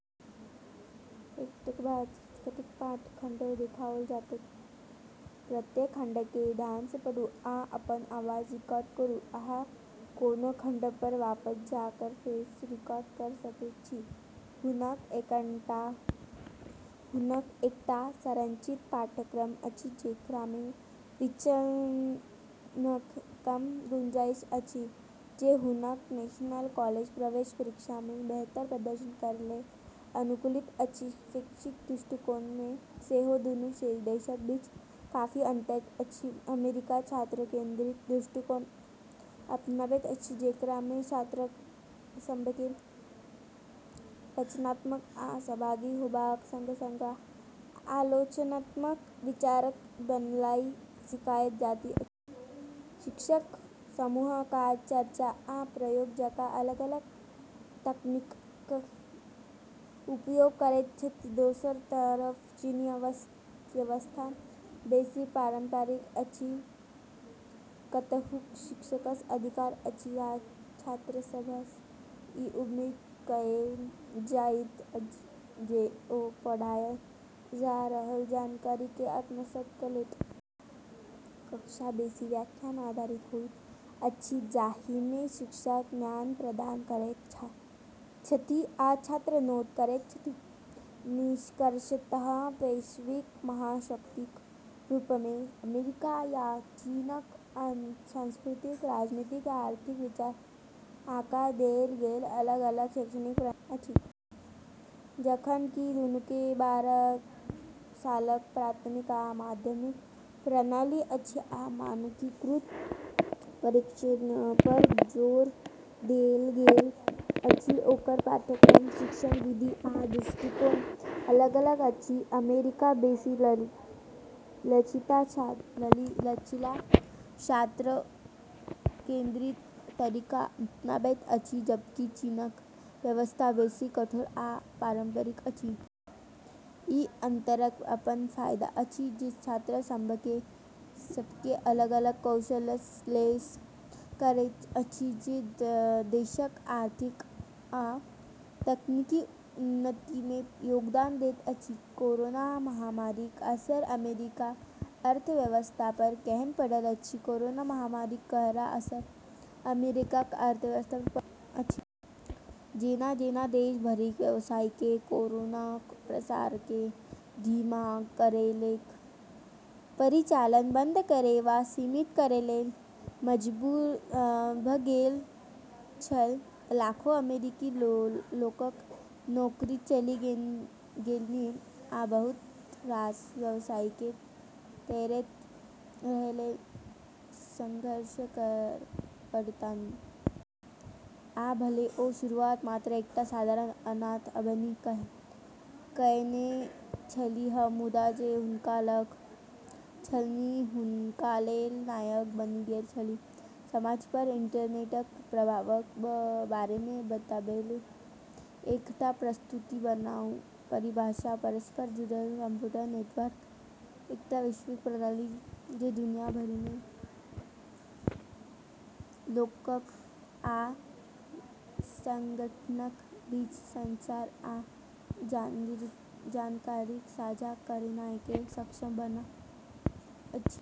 हुनक एकटा संरचित पाठ्यक्रम अछि जेकरामे विचलनक कम गुंजाइश अछि, जे हुनक नेशनल कॉलेज प्रवेश परीक्षामे बेहतर प्रदर्शन करैलेल अनुकूलित अछि। शैक्षिक दृष्टिकोणमे सेहो दूनू देशक बीच काफी अन्तर अछि। अमेरिका छात्र केन्द्रित दृष्टिकोण अपनाबैत अछि, जेकरामे छात्रसभकेँ रचनात्मक आ सहभागी होबाक सँग-सँग आलोचनात्मक विचारक बननाइ सिखाएल जाइत अछि। शिक्षक समूह काज, चर्चा, आ प्रयोग जकाँ अलग-अलग तकनीकक उपयोग करैत छथि। दोसर तरफ चीनी व्यवस्था बेसी पारम्परिक अछि, कतहु शिक्षकसँ अधिकार अछि, आ छात्रसभसँ ई उम्मीद कएल जाइत अछि जे ओ पढ़ायल जा रहल जानकारीकेँ आत्मसात कऽ लेत। कक्षा बेसी व्याख्यान आधारित होइत अछि, जाहिमे शिक्षक ज्ञान प्रदान करैत छथि आ छात्र नोट करैत छथि। निष्कर्षतः, वैश्विक महाशक्तिक रूपमे अमेरिका आ चीनक सांस्कृतिक, राजनीतिक आ आर्थिक विचारसँ आकार देल गेल अलग-अलग शैक्षणिक प्रणाली अछि। जखन कि दूनूकेँ बारह सालक प्राथमिक आ माध्यमिक प्रणाली अछि आ मानकीकृत परीक्षणपर जोर देल गेल अछि, ओकर पाठ्यक्रम, शिक्षण विधि आ दृष्टिकोण अलग-अलग अछि। अमेरिका बेसी लचीला, छात्र केन्द्रित तरीका अपनाबैत अछि, जबकि चीनक व्यवस्था बेसी कठोर आ पारम्परिक अछि। ई अन्तरक अपन फायदा अछि, जे छात्रसभकेँ अलग-अलग कौशलसँ लैस करैत अछि, जे देशक आर्थिक आ तकनीकी उन्नतिमे योगदान दैत अछि। कोरोना महामारीक असर अमेरिकाक अर्थव्यवस्थापर केहन पड़ल अछि? कोरोना महामारीक गहरा असर अमेरिकाक अर्थव्यवस्थापर पड़ल अछि। जेना-जेना देश भरिक व्यवसायीकेँ कोरोनाक प्रसारकेँ धीमा करैलेल परिचालन बन्द करै वा सीमित करैलेल मजबूर भऽ गेल छल, लाखों अमेरिकी लोकक नौकरी चलि गेलनि आ बहुत रास व्यवसायीकेँ तैरैत रहैलेल सङ्घर्ष करब पड़लनि। आ भले ओ शुरुआत मात्र एकटा साधारण अनाथ बनि कएने छलीह, मुदा जे हुनका लग छलनि हुनकालेल नायक बनि गेल छलीह। समाजपर इन्टरनेटक प्रभावक बारेमे बताबैलेल एकटा प्रस्तुति बनाउ। परिभाषा: परस्पर जुड़ल कम्प्यूटर नेटवर्कक एकटा वैश्विक प्रणाली जे दुनिया भरिमे लोकक आ सङ्गठनक बीच संचार आ जानकारीक साझा करेनाइकेँ सक्षम बनाबैत अछि।